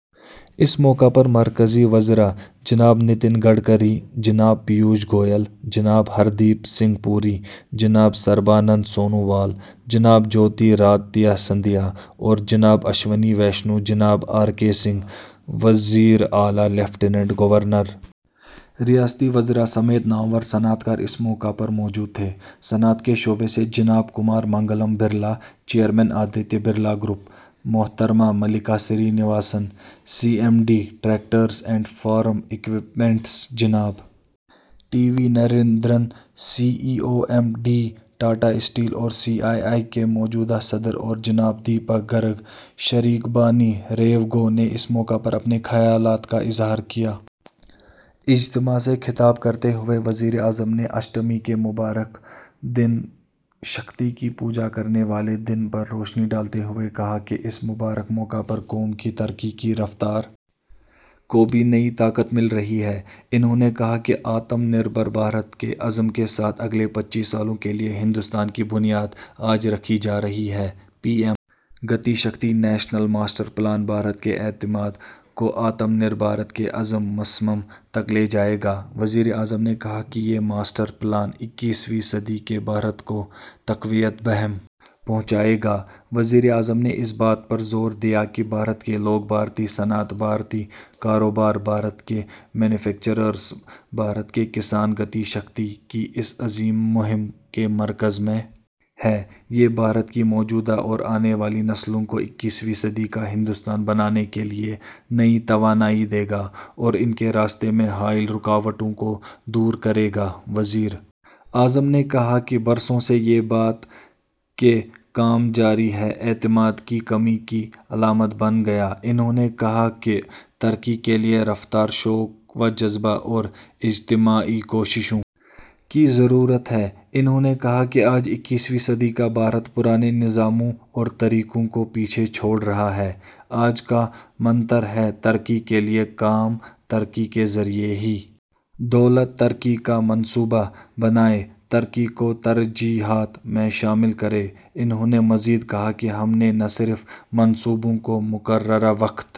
اس موقع پر مرکزی وزراء جناب نتن گڈکری جناب پیوش گوئل جناب ہردیپ سنگھ پوری جناب سربانند سونووال جناب جیوتی رادتیہ سندھیا اور جناب اشونی ویشنو جناب آر کے سنگھ وزیراعلی لیفٹیننٹ گورنر ریاستی وزراء سمیت نامور صنعتکار اس موقع پر موجود تھے صنعت کے شعبے سے جناب کمار منگلم برلا چیئرمین آدتیہ برلا گروپ محترمہ Mallika Srinivasan C M D tractors and form equipments جناب T V Narendran C E O M D Tata steel اور سی آئی آئی کے موجودہ صدر اور جناب دیپک گرگ شریک بانی ریوگو نے اس موقع پر اپنے خیالات کا اظہار کیا اجتماع سے خطاب کرتے ہوئے وزیر اعظم نے اشٹمی کے مبارک دن شکتی کی پوجا کرنے والے دن پر روشنی ڈالتے ہوئے کہا کہ اس مبارک موقع پر قوم کی ترقی کی رفتار کو بھی نئی طاقت مل رہی ہے انہوں نے کہا کہ آتم نربھر بھارت کے عزم کے ساتھ اگلے پچیس سالوں کے لیے ہندوستان کی بنیاد آج رکھی جا رہی ہے P M Gati Shakti national master plan Bharat کے اعتماد کو آتم نربھارت کے عزم مصمم تک لے جائے گا وزیر اعظم نے کہا کہ یہ ماسٹر پلان اکیسویں صدی کے بھارت کو تقویت بہم پہنچائے گا وزیر اعظم نے اس بات پر زور دیا کہ بھارت کے لوگ بھارتی صنعت بھارتی کاروبار بھارت کے مینوفیکچررز بھارت کے کسان گتی شکتی کی اس عظیم مہم کے مرکز میں ہیں یہ بھارت کی موجودہ اور آنے والی نسلوں کو اکیسویں صدی کا ہندوستان بنانے کے لیے نئی توانائی دے گا اور ان کے راستے میں حائل رکاوٹوں کو دور کرے گا وزیر اعظم نے کہا کہ برسوں سے یہ بات کہ کام جاری ہے اعتماد کی کمی کی علامت بن گیا انہوں نے کہا کہ ترقی کے لیے رفتار شوق و جذبہ اور اجتماعی کوششوں کی ضرورت ہے انہوں نے کہا کہ آج اکیسویں صدی کا بھارت پرانے نظاموں اور طریقوں کو پیچھے چھوڑ رہا ہے آج کا منتر ہے ترقی کے لیے کام ترقی کے ذریعہ ہی دولت ترقی کا منصوبہ بنائیں ترقی کو ترجیحات میں شامل کریں انہوں نے مزید کہا کہ ہم نے نہ صرف منصوبوں کو مقررہ وقت